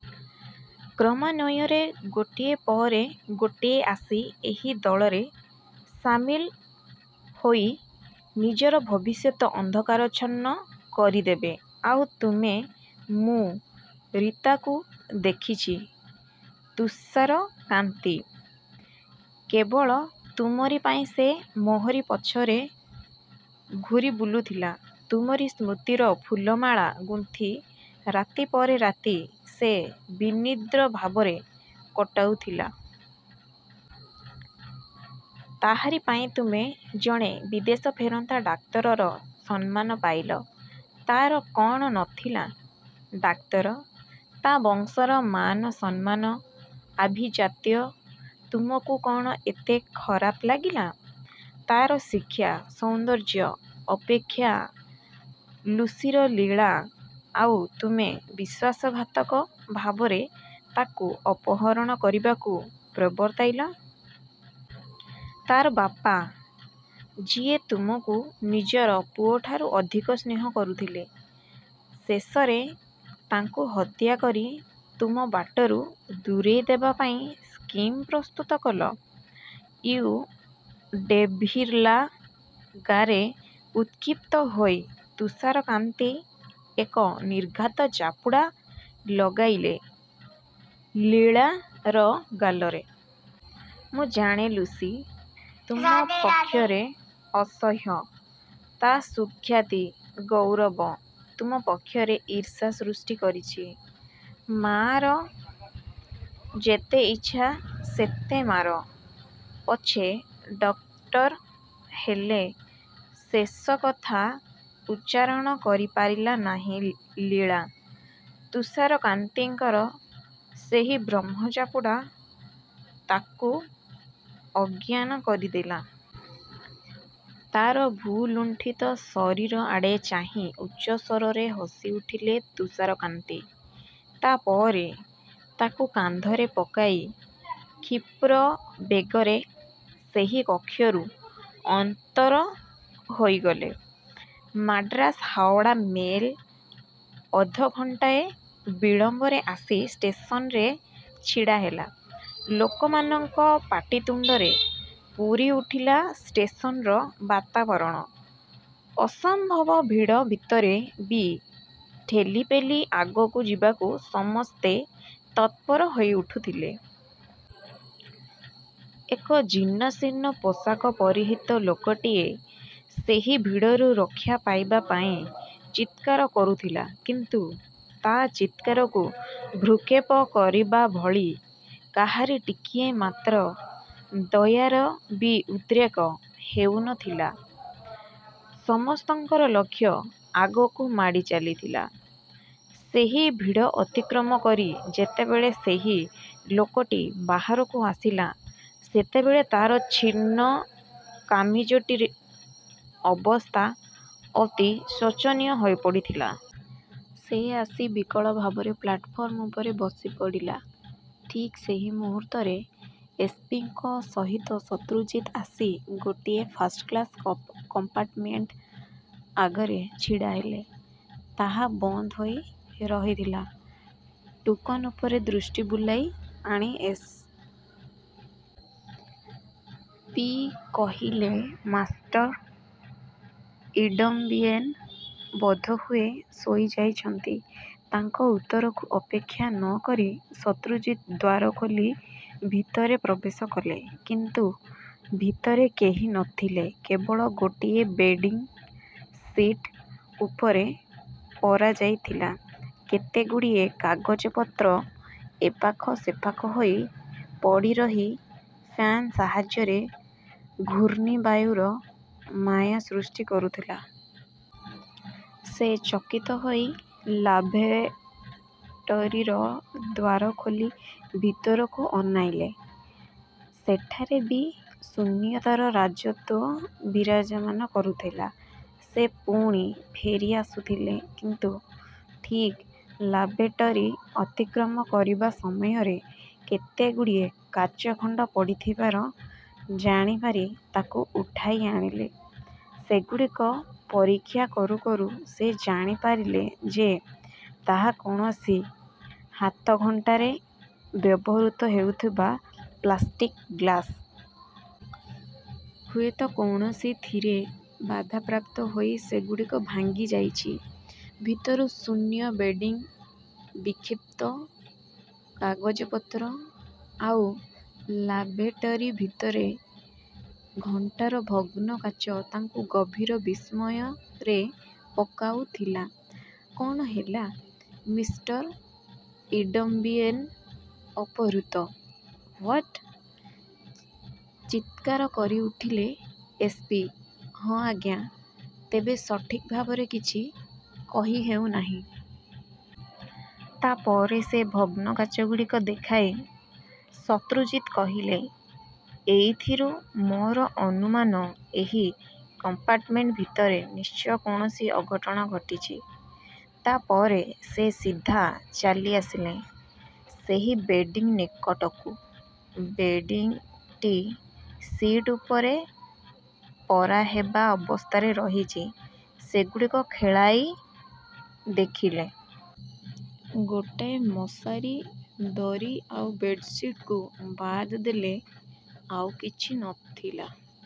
କ୍ରମାନ୍ୱୟରେ ଗୋଟିଏ ପରେ ଗୋଟିଏ ଆସି ଏହି ଦଳରେ ସାମିଲ ହୋଇ ନିଜର ଭବିଷ୍ୟତ ଅନ୍ଧକାରାଚ୍ଛନ୍ନ କରିଦେବେ। ଆଉ ତୁମେ ମୁଁ ରୀତାକୁ ଦେଖିଛି ତୁଷାରକାନ୍ତି। କେବଳ ତୁମରି ପାଇଁ ସେ ମୋହରି ପଛରେ ଘୂରି ବୁଲୁଥିଲା। ତୁମରି ସ୍ମୃତିର ଫୁଲମାଳା ଗୁନ୍ଥି ରାତି ପରେ ରାତି ସେ ବିନିଦ୍ର ଭାବରେ କଟାଉଥିଲା। ତାହାରି ପାଇଁ ତୁମେ ଜଣେ ବିଦେଶ ଫେରନ୍ତା ଡାକ୍ତରର ସମ୍ମାନ ପାଇଲ। ତାର କ'ଣ ନଥିଲା, ଡାକ୍ତର! ତା ବଂଶର ମାନସମ୍ମାନ, ଆଭିଜାତ୍ୟ ତୁମକୁ କଣ ଏତେ ଖରାପ ଲାଗିଲା? ତାର ଶିକ୍ଷା, ସୌନ୍ଦର୍ଯ୍ୟ ଅପେକ୍ଷା ଲୁସିର ଲୀଳା! ଆଉ ତୁମେ ବିଶ୍ୱାସଘାତକ ଭାବରେ ତାକୁ ଅପହରଣ କରିବାକୁ ପ୍ରବର୍ତ୍ତାଇଲ। ତାର ବାପା ଯିଏ ତୁମକୁ ନିଜର ପୁଅଠାରୁ ଅଧିକ ସ୍ନେହ କରୁଥିଲେ, ଶେଷରେ ତାଙ୍କୁ ହତ୍ୟା କରି ତୁମ ବାଟରୁ ଦୂରେଇ ଦେବା ପାଇଁ ସ୍କିମ୍ ପ୍ରସ୍ତୁତ କଲ। ୟୁ ଡେଭିଲ୍ରା ଗରେ ଉତ୍କ୍ଷିପ୍ତ ହୋଇ ତୁଷାରକାନ୍ତି ଏକ ନିର୍ଘାତ ଚାପୁଡ଼ା ଲଗାଇଲେ ଲୀଳାର ଗାଲରେ। ମୁଁ ଜାଣେ, ଲୁସି ତୁମ ପକ୍ଷରେ ଅସହ୍ୟ। ତାର ସୁଖ୍ୟାତି, ଗୌରବ, ତୁମ ପକ୍ଷରେ ଈର୍ଷା ସୃଷ୍ଟି କରିଛି। ମାର ଯେତେ ଇଚ୍ଛା ସେତେ ମାର ପଛେ ଡକ୍ଟର, ହେଲେ ଶେଷ କଥା ଉଚ୍ଚାରଣ କରିପାରିଲା ନାହିଁ ଲୀଳା। ତୁଷାରକାନ୍ତିଙ୍କର ସେହି ବ୍ରହ୍ମଚାପୁଡ଼ା ତାକୁ ଅଜ୍ଞାନ କରିଦେଲା। ତାର ଭୂଲୁଣ୍ଠିତ ଶରୀର ଆଡ଼େ ଚାହିଁ ଉଚ୍ଚସ୍ୱରରେ ହସିଉଠିଲେ ତୁଷାରକାନ୍ତି। ତା ପରେ ତାକୁ କାନ୍ଧରେ ପକାଇ କ୍ଷୀପ୍ର ବେଗରେ ସେହି କକ୍ଷରୁ ଅନ୍ତର ହୋଇଗଲେ। ମାଡ୍ରାସ-ହାଓଡ଼ା ମେଲ୍ ଅଧଘଣ୍ଟାଏ ବିଳମ୍ବରେ ଆସି ଷ୍ଟେସନରେ ଛିଡ଼ା ହେଲା। ଲୋକମାନଙ୍କ ପାଟିତୁଣ୍ଡରେ ପୂରିଉଠିଲା ଷ୍ଟେସନର ବାତାବରଣ। ଅସମ୍ଭବ ଭିଡ଼ ଭିତରେ ବି ଠେଲିପେଲି ଆଗକୁ ଯିବାକୁ ସମସ୍ତେ ତତ୍ପର ହୋଇଉଠୁଥିଲେ। ଏକ ଜୀର୍ଣ୍ଣଶୀର୍ଣ୍ଣ ପୋଷାକ ପରିହିତ ଲୋକଟିଏ ସେହି ଭିଡ଼ରୁ ରକ୍ଷା ପାଇବା ପାଇଁ ଚିତ୍କାର କରୁଥିଲା କିନ୍ତୁ ତା ଚିତ୍କାରକୁ ଭ୍ରୂକ୍ଷେପ କରିବା ଭଳି କାହାରି ଟିକିଏ ମାତ୍ର ଦୟାର ବି ଉଦ୍ରେକ ହେଉନଥିଲା। ସମସ୍ତଙ୍କର ଲକ୍ଷ୍ୟ ଆଗକୁ ମାଡ଼ି ଚାଲିଥିଲା। ସେହି ଭିଡ଼ ଅତିକ୍ରମ କରି ଯେତେବେଳେ ସେହି ଲୋକଟି ବାହାରକୁ ଆସିଲା, ସେତେବେଳେ ତାର ଛିନ୍ନ କାମିଜଟିରେ ଅବସ୍ଥା ଅତି ଶୋଚନୀୟ ହୋଇପଡ଼ିଥିଲା। ସେ ଆସି ବିକଳ ଭାବରେ ପ୍ଲାଟଫର୍ମ ଉପରେ ବସିପଡ଼ିଲା। ଠିକ୍ ସେହି ମୁହୂର୍ତ୍ତରେ ଏସ୍. ପି. ଙ୍କ ସହିତ ଶତ୍ରୁଜିତ ଆସି ଗୋଟିଏ ଫାଷ୍ଟ କ୍ଲାସ୍ କମ୍ପାର୍ଟମେଣ୍ଟ ଆଗରେ ଛିଡ଼ା ହେଲେ। ତାହା ବନ୍ଦ ହୋଇ ରହିଥିଲା। ଟୁକନ୍ ଉପରେ ଦୃଷ୍ଟି ବୁଲାଇ ଆଣି ଏସ୍. ପି. କହିଲେ, ମାଷ୍ଟର ଇଡମ୍ବିଏନ୍ ବୋଧହୁଏ ଶୋଇଯାଇଛନ୍ତି। ତାଙ୍କ ଉତ୍ତରକୁ ଅପେକ୍ଷା ନକରି ଶତ୍ରୁଜିତ ଦ୍ୱାର ଖୋଲି ଭିତରେ ପ୍ରବେଶ କଲେ; କିନ୍ତୁ ଭିତରେ କେହି ନଥିଲେ। କେବଳ ଗୋଟିଏ ବେଡିଂ ସିଟ୍ ଉପରେ ପରାଯାଇଥିଲା। କେତେଗୁଡ଼ିଏ କାଗଜପତ୍ର ଏପାଖ ସେପାଖ ହୋଇ ପଡ଼ିରହି, ଫ୍ୟାନ୍ ସାହାଯ୍ୟରେ ଘୂର୍ଣ୍ଣିବାୟୁର ମାୟା ସୃଷ୍ଟି କରୁଥିଲା। ସେ ଚକିତ ହୋଇ ଲାଭେଟରୀର ଦ୍ୱାର ଖୋଲି ଭିତରକୁ ଅନାଇଲେ। ସେଠାରେ ବି ଶୂନ୍ୟତାର ରାଜତ୍ୱ ବିରାଜମାନ କରୁଥିଲା। ସେ ପୁଣି ଫେରିଆସୁଥିଲେ; କିନ୍ତୁ ଠିକ୍ ଲାଭେଟରୀ ଅତିକ୍ରମ କରିବା ସମୟରେ କେତେଗୁଡ଼ିଏ କାଚଖଣ୍ଡ ପଡ଼ିଥିବାର ଜାଣିପାରି ତାକୁ ଉଠାଇ ଆଣିଲେ। ସେଗୁଡ଼ିକ ପରୀକ୍ଷା କରୁ କରୁ ସେ ଜାଣିପାରିଲେ ଯେ ତାହା କୌଣସି ହାତଘଣ୍ଟାରେ ବ୍ୟବହୃତ ହେଉଥିବା ପ୍ଲାଷ୍ଟିକ୍ ଗ୍ଲାସ। ହୁଏତ କୌଣସିଥିରେ ବାଧାପ୍ରାପ୍ତ ହୋଇ ସେଗୁଡ଼ିକ ଭାଙ୍ଗିଯାଇଛି। ଭିତରୁ ଶୂନ୍ୟ ବେଡିଂବିକ୍ଷିପ୍ତ କାଗଜପତ୍ର ଆଉ ଲାଭେଟରୀ ଭିତରେ ଘଣ୍ଟାର ଭଗ୍ନ କାଚ ତାଙ୍କୁ ଗଭୀର ବିସ୍ମୟରେ ପକାଉଥିଲା। କ'ଣ ହେଲା? ମିଷ୍ଟର ଇଡମ୍ବିଏନ୍ ଅପହୃତ? ହ୍ୱାଟ୍? ଚିତ୍କାର କରିଉଠିଲେ ଏସ୍. ପି.। ହଁ, ଆଜ୍ଞା। ତେବେ ସଠିକ୍ ଭାବରେ କିଛି କହିହେଉନାହିଁ। ତା ପରେ ସେହି ଭଗ୍ନ କାଚଗୁଡ଼ିକ ଦେଖାଇ ଶତ୍ରୁଜିତ କହିଲେ, ଏଇଥିରୁ ମୋର ଅନୁମାନ, ଏହି କମ୍ପାର୍ଟମେଣ୍ଟ ଭିତରେ ନିଶ୍ଚୟ କୌଣସି ଅଘଟଣ ଘଟିଛି। ତା ପରେ ସେ ସିଧା ଚାଲିଆସିଲେ ସେହି ବେଡିଂ ନିକଟକୁ। ବେଡିଂଟି ସିଟ୍ ଉପରେ ପରାହେବା ଅବସ୍ଥାରେ ରହିଛି। ସେଗୁଡ଼ିକ ଖେଳାଇ ଦେଖିଲେ। ଗୋଟାଏ ମଶାରୀ, ଦରୀ ଆଉ ବେଡ୍-ସିଟ୍‌କୁ ବାଦ ଦେଲେ ଆଉ କିଛି ନଥିଲା।